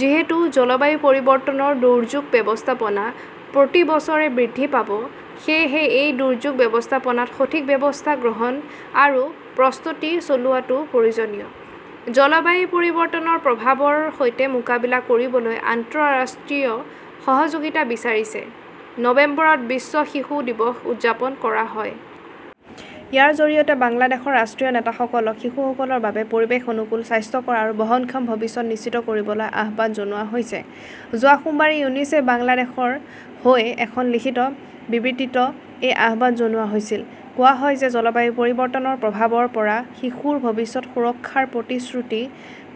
যিহেতু জলবায়ু পৰিৱৰ্তনৰ দুৰ্যোগ ব্যৱস্থাপনা প্ৰতি বছৰে বৃদ্ধি পাব, সেয়েহে এই দুৰ্যোগ ব্যৱস্থাপনাত সঠিক ব্যৱস্থা গ্ৰহণ আৰু প্ৰস্তুতি চলোৱাটো প্ৰয়োজনীয়। জলবায়ু পৰিৱৰ্তনৰ প্ৰভাৱৰ সৈতে মোকাবিলা কৰিবলৈ আন্তঃৰাষ্ট্ৰীয় সহযোগিতা বিচাৰিছে। নৱেম্বৰত বিশ্ব শিশু দিৱস উদযাপন কৰা হয়। ইয়াৰ জৰিয়তে বাংলাদেশৰ ৰাষ্ট্ৰীয় নেতাসকলক শিশুসকলৰ বাবে পৰিৱেশ অনুকূল, স্বাস্থ্যকৰ আৰু বহনক্ষম ভৱিষ্যত নিশ্চিত কৰিবলৈ আহ্বান জনোৱা হৈছে। যোৱা সোমবাৰে ইউনিচেফ বাংলাদেশৰ হৈ এখন লিখিত বিবৃতিত এই আহ্বান জনোৱা হৈছিল। কোৱা হয় যে, জলবায়ু পৰিৱৰ্তনৰ প্ৰভাৱৰ পৰা শিশুৰ ভৱিষ্যত সুৰক্ষাৰ প্ৰতিশ্ৰুতি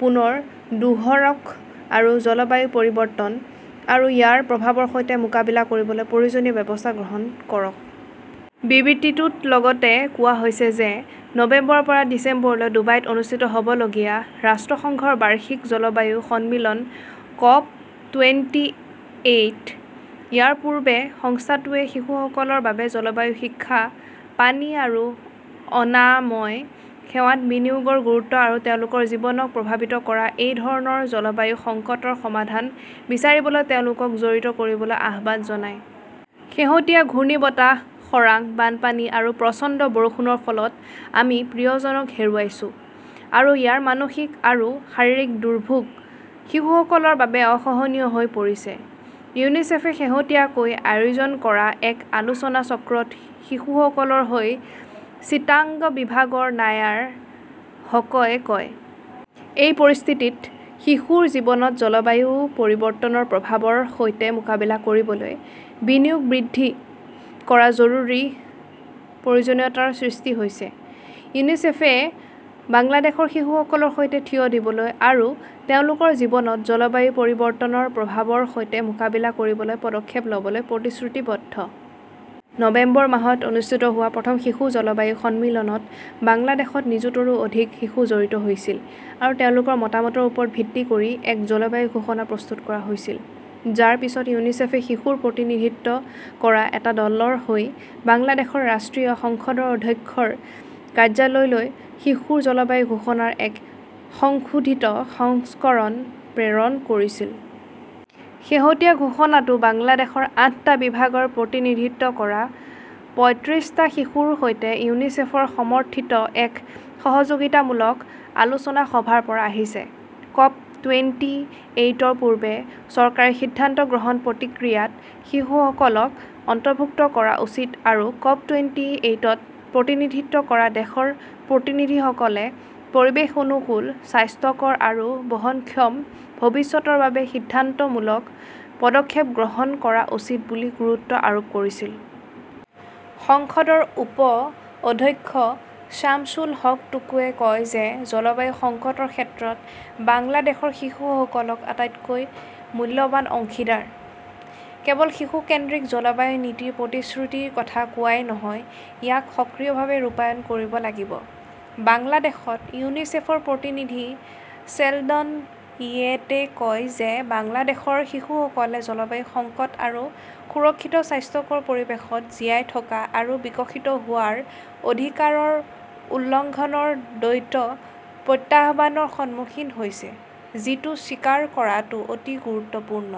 পুনৰ দোহাৰক আৰু জলবায়ু পৰিৱৰ্তন আৰু ইয়াৰ প্ৰভাৱৰ সৈতে মোকাবিলা কৰিবলৈ প্ৰয়োজনীয় ব্যৱস্থা গ্ৰহণ কৰক। বিবৃতিটোত লগতে কোৱা হৈছে যে, নৱেম্বৰৰ পৰা ডিচেম্বৰলৈ ডুবাইত অনুষ্ঠিত হ'বলগীয়া ৰাষ্ট্ৰসংঘৰ বাৰ্ষিক জলবায়ু সন্মিলন ক'প টুৱেন্টি এইট'। ইয়াৰ পূৰ্বে সংস্থাটোৱে শিশুসকলৰ বাবে জলবায়ু শিক্ষা, পানী আৰু অনাময় সেৱাত বিনিয়োগৰ গুৰুত্ব আৰু তেওঁলোকৰ জীৱনক প্ৰভাৱিত কৰা এই ধৰণৰ জলবায়ু সংকটৰ সমাধান বিচাৰিবলৈ তেওঁলোকক জড়িত কৰিবলৈ আহ্বান জনায়। শেহতীয়া ঘূৰ্ণীবতাহ, খৰাং, বানপানী আৰু প্ৰচণ্ড বৰষুণৰ ফলত আমি প্ৰিয়জনক হেৰুৱাইছো আৰু ইয়াৰ মানসিক আৰু শাৰীৰিক দুৰ্ভোগ শিশুসকলৰ বাবে অসহনীয় হৈ পৰিছে, ইউনিচেফে শেহতীয়াকৈ আয়োজন কৰা এক আলোচনাচক্ৰত শিশুসকলৰ হৈ চিটাগং বিভাগৰ নায়াৰ হকই কয়। এই পৰিস্থিতিত শিশুৰ জীৱনত জলবায়ু পৰিৱৰ্তনৰ প্ৰভাৱৰ সৈতে মোকাবিলা কৰিবলৈ, বিনিয়োগ বৃদ্ধি কৰাৰ জৰুৰী প্ৰয়োজনীয়তাৰ সৃষ্টি হৈছে। ইউনিচেফএ বাংলাদেশ শিশুসকলৰ সৈতে থিয় দিবলৈ আৰু তেওঁলোকৰ জীৱনত জলবায়ু পৰিৱৰ্তনৰ প্ৰভাৱৰ সৈতে মোকাবিলা কৰিবলৈ পদক্ষেপ ল'বলৈ প্ৰতিশ্ৰুতিবদ্ধ। নৱেম্বৰ মাহত অনুষ্ঠিত হোৱা প্ৰথম শিশু জলবায়ু সন্মিলনত, বাংলাদেশত নিযুতৰো অধিক শিশু জড়িত হৈছিল আৰু তেওঁলোকৰ মতামতৰ ওপৰত ভিত্তি কৰি এক জলবায়ু ঘোষণা প্ৰস্তুত কৰা হৈছিল, যাৰ পিছত ইউনিছেফে শিশুৰ প্ৰতিনিধিত্ব কৰা এটা দলৰ হৈ বাংলাদেশৰ ৰাষ্ট্ৰীয় সংসদৰ অধ্যক্ষৰ কাৰ্যালয়লৈ শিশুৰ জলবায়ু ঘোষণাৰ এক সংশোধিত সংস্কৰণ প্ৰেৰণ কৰিছিল। শেহতীয়া ঘোষণাটো বাংলাদেশৰ আঠটা বিভাগৰ প্ৰতিনিধিত্ব কৰা পঁইত্ৰিছ টা শিশুৰ সৈতে ইউনিচেফৰ সমৰ্থিত এক সহযোগিতামূলক আলোচনা সভাৰ পৰা আহিছে। ক'প টুৱেন্টি এইটৰ পূৰ্বে চৰকাৰে সিদ্ধান্ত গ্ৰহণ প্ৰক্ৰিয়াত শিশুসকলক অন্তৰ্ভুক্ত কৰা উচিত আৰু ক'প টুৱেন্টি এইটত প্ৰতিনিধিত্ব কৰা দেশৰ প্ৰতিনিধিসকলে পৰিৱেশ অনুকূল, স্বাস্থ্যকৰ আৰু বহনক্ষম ভৱিষ্যতৰ বাবে সিদ্ধান্তমূলক পদক্ষেপ গ্ৰহণ কৰা উচিত বুলি গুৰুত্ব আৰোপ কৰিছিল। সংসদৰ উপ-অধ্যক্ষ শামছুল হক টুকুয়ে কয় যে, জলবায়ু সংকটৰ ক্ষেত্ৰত বাংলাদেশৰ শিশুসকল আটাইতকৈ মূল্যৱান অংশীদাৰ। কেৱল শিশু-কেন্দ্ৰিক জলবায়ু নীতিৰ প্ৰতিশ্ৰুতিৰ কথা কোৱাই নহয়, ইয়াক সক্ৰিয়ভাৱে ৰূপায়ণ কৰিব লাগিব। বাংলাদেশত ইউনিচেফৰ প্ৰতিনিধি শ্বেলডন য়েইটে কয় যে, বাংলাদেশৰ শিশুসকলে জলবায়ু সংকট আৰু সুৰক্ষিত স্বাস্থ্যকৰ পৰিৱেশত জীয়াই থকা আৰু বিকশিত হোৱাৰ অধিকাৰৰ উলংঘনৰ দ্বৈত প্ৰত্যাহ্বানৰ সন্মুখীন হৈছে, যিটো স্বীকাৰ কৰাটো অতি গুৰুত্বপূৰ্ণ।